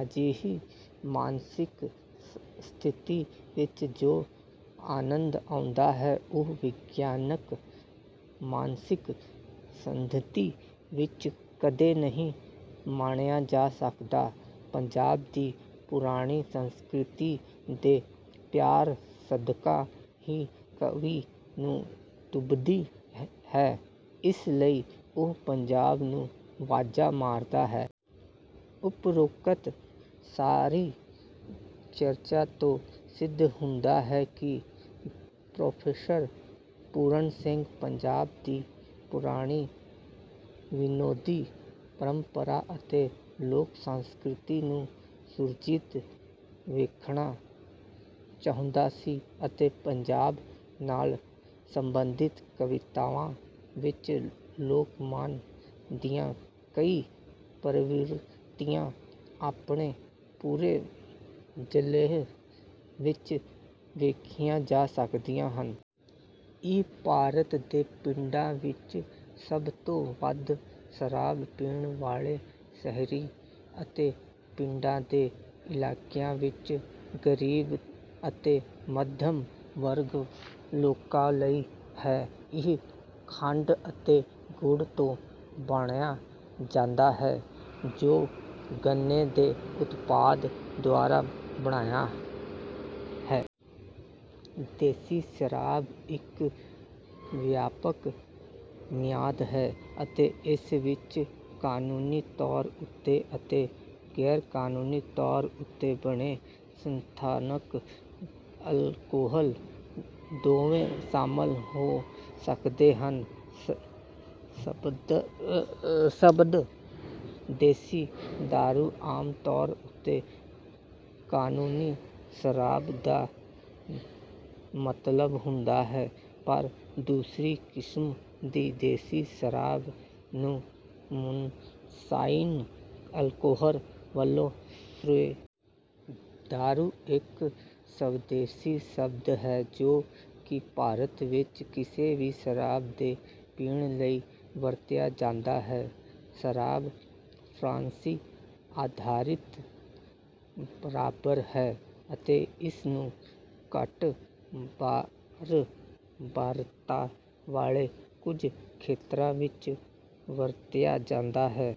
ਅਜਿਹੀ ਮਾਨਸਿਕ ਸਥਿਤੀ ਵਿੱਚ ਜੋ ਆਨੰਦ ਆਉਂਦਾ ਹੈ। ਉਹ ਵਿਗਿਆਨਕ ਮਾਨਸਿਕ ਸਥਿਤੀ ਵਿੱਚ ਕਦੇ ਨਹੀਂ ਮਾਣਿਆ ਜਾ ਸਕਦਾ। ਪੰਜਾਬ ਦੀ ਪੁਰਾਣੀ ਸੰਸਕ੍ਰਿਤੀ ਦੇ ਪਿਆਰ ਸਦਕਾ ਹੀ ਕਵੀ ਨੂੰ ਟੁੰਬਦੀ ਹੈ। ਇਸੇ ਲਈ ਉਹ ਪੰਜਾਬ ਨੂੰ ਆਵਾਜ਼ਾਂ ਮਾਰਦਾ ਹੈ। ਉਪਰੋਕਤ ਸਾਰੀ ਚਰਚਾ ਤੋਂ ਸਿੱਧ ਹੁੰਦਾ ਹੈ ਕਿ ਪ੍ਰੋਫੈਸਰ ਪੂਰਨ ਸਿੰਘ ਪੰਜਾਬ ਦੀ ਪੁਰਾਣੀ ਵਿਨੋਦੀ ਪਰੰਪਰਾ ਅਤੇ ਲੋਕ ਸੰਸਕ੍ਰਿਤੀ ਨੂੰ ਸੁਰਜੀਤ ਵੇਖਣਾ ਚਾਹੁੰਦਾ ਸੀ ਅਤੇ ਪੰਜਾਬ ਨਾਲ ਸੰਬੰਧਿਤ ਕਵਿਤਾਵਾਂ ਵਿੱਚ ਲੋਕਮਨ ਦੀਆਂ ਕਈ ਪ੍ਰਵਿਰਤੀਆਂ ਆਪਣੇ ਪੂਰੇ ਜਲੌਅ ਵਿੱਚ ਵੇਖੀਆਂ ਜਾ ਸਕਦੀਆਂ ਹਨ। ਇਹ ਭਾਰਤ ਦੇ ਪਿੰਡਾਂ ਵਿੱਚ ਸਭ ਤੋਂ ਵੱਧ ਸ਼ਰਾਬ ਪੀਣ ਵਾਲੇ ਸ਼ਹਿਰੀ ਅਤੇ ਪਿੰਡਾਂ ਦੇ ਇਲਾਕਿਆਂ ਵਿੱਚ ਗਰੀਬ ਅਤੇ ਮੱਧ ਵਰਗ ਲੋਕਾਂ ਲਈ ਹੈ। ਇਹ ਖੰਡ ਅਤੇ ਗੁੜ ਤੋਂ ਕੱਢਿਆ ਜਾਂਦਾ ਹੈ ਜੋ ਗੰਨੇ ਦੇ ਉਤਪਾਦ ਦੁਆਰਾ ਬਣਦਾ ਹੈ। ਦੇਸੀ ਸ਼ਰਾਬ ਇੱਕ ਵਿਆਪਕ ਮਿਆਦ ਹੈ ਅਤੇ ਇਸ ਵਿੱਚ ਕਾਨੂੰਨੀ ਤੌਰ ਉੱਤੇ ਅਤੇ ਗੈਰਕਾਨੂੰਨੀ ਤੌਰ ਉੱਤੇ ਬਣੇ ਸਥਾਨਕ ਅਲਕੋਹਲ ਦੋਵੇਂ ਸ਼ਾਮਲ ਹੋ ਸਕਦੇ ਹਨ। ਸ਼ਬਦ ਦੇਸੀ ਦਾਰੂ ਆਮ ਤੌਰ ਉੱਤੇ ਕਾਨੂੰਨੀ ਸ਼ਰਾਬ ਦਾ ਮਤਲਬ ਹੁੰਦਾ ਹੈ ਪਰ ਦੂਸਰੀ ਕਿਸਮ ਦੀ ਦੇਸੀ ਸ਼ਰਾਬ ਨੂੰ ਮੂਨਸ਼ਾਈਨ ਅਲਕੋਹਲ ਵਜੋਂ ਸ਼੍ਰੇਣੀਬੱਧ ਕੀਤਾ ਜਾ ਸਕਦਾ ਹੈ। ਦਾਰੂ ਇੱਕ ਸਵਦੇਸ਼ੀ ਸ਼ਬਦ ਹੈ ਜੋ ਕਿ ਭਾਰਤ ਵਿੱਚ ਕਿਸੇ ਵੀ ਸ਼ਰਾਬ ਦੇ ਪੀਣ ਲਈ ਵਰਤਿਆ ਜਾਂਦਾ ਹੈ। ਸ਼ਰਾਬ ਫ਼ਾਰਸੀ ਆਧਾਰਿਤ ਬਰਾਬਰ ਹੈ ਅਤੇ ਇਸ ਨੂੰ ਘੱਟ ਬਾਰੰਬਾਰਤਾ ਵਾਲੇ ਕੁਝ ਖੇਤਰਾਂ ਵਿੱਚ ਵਰਤਿਆ ਜਾਂਦਾ ਹੈ।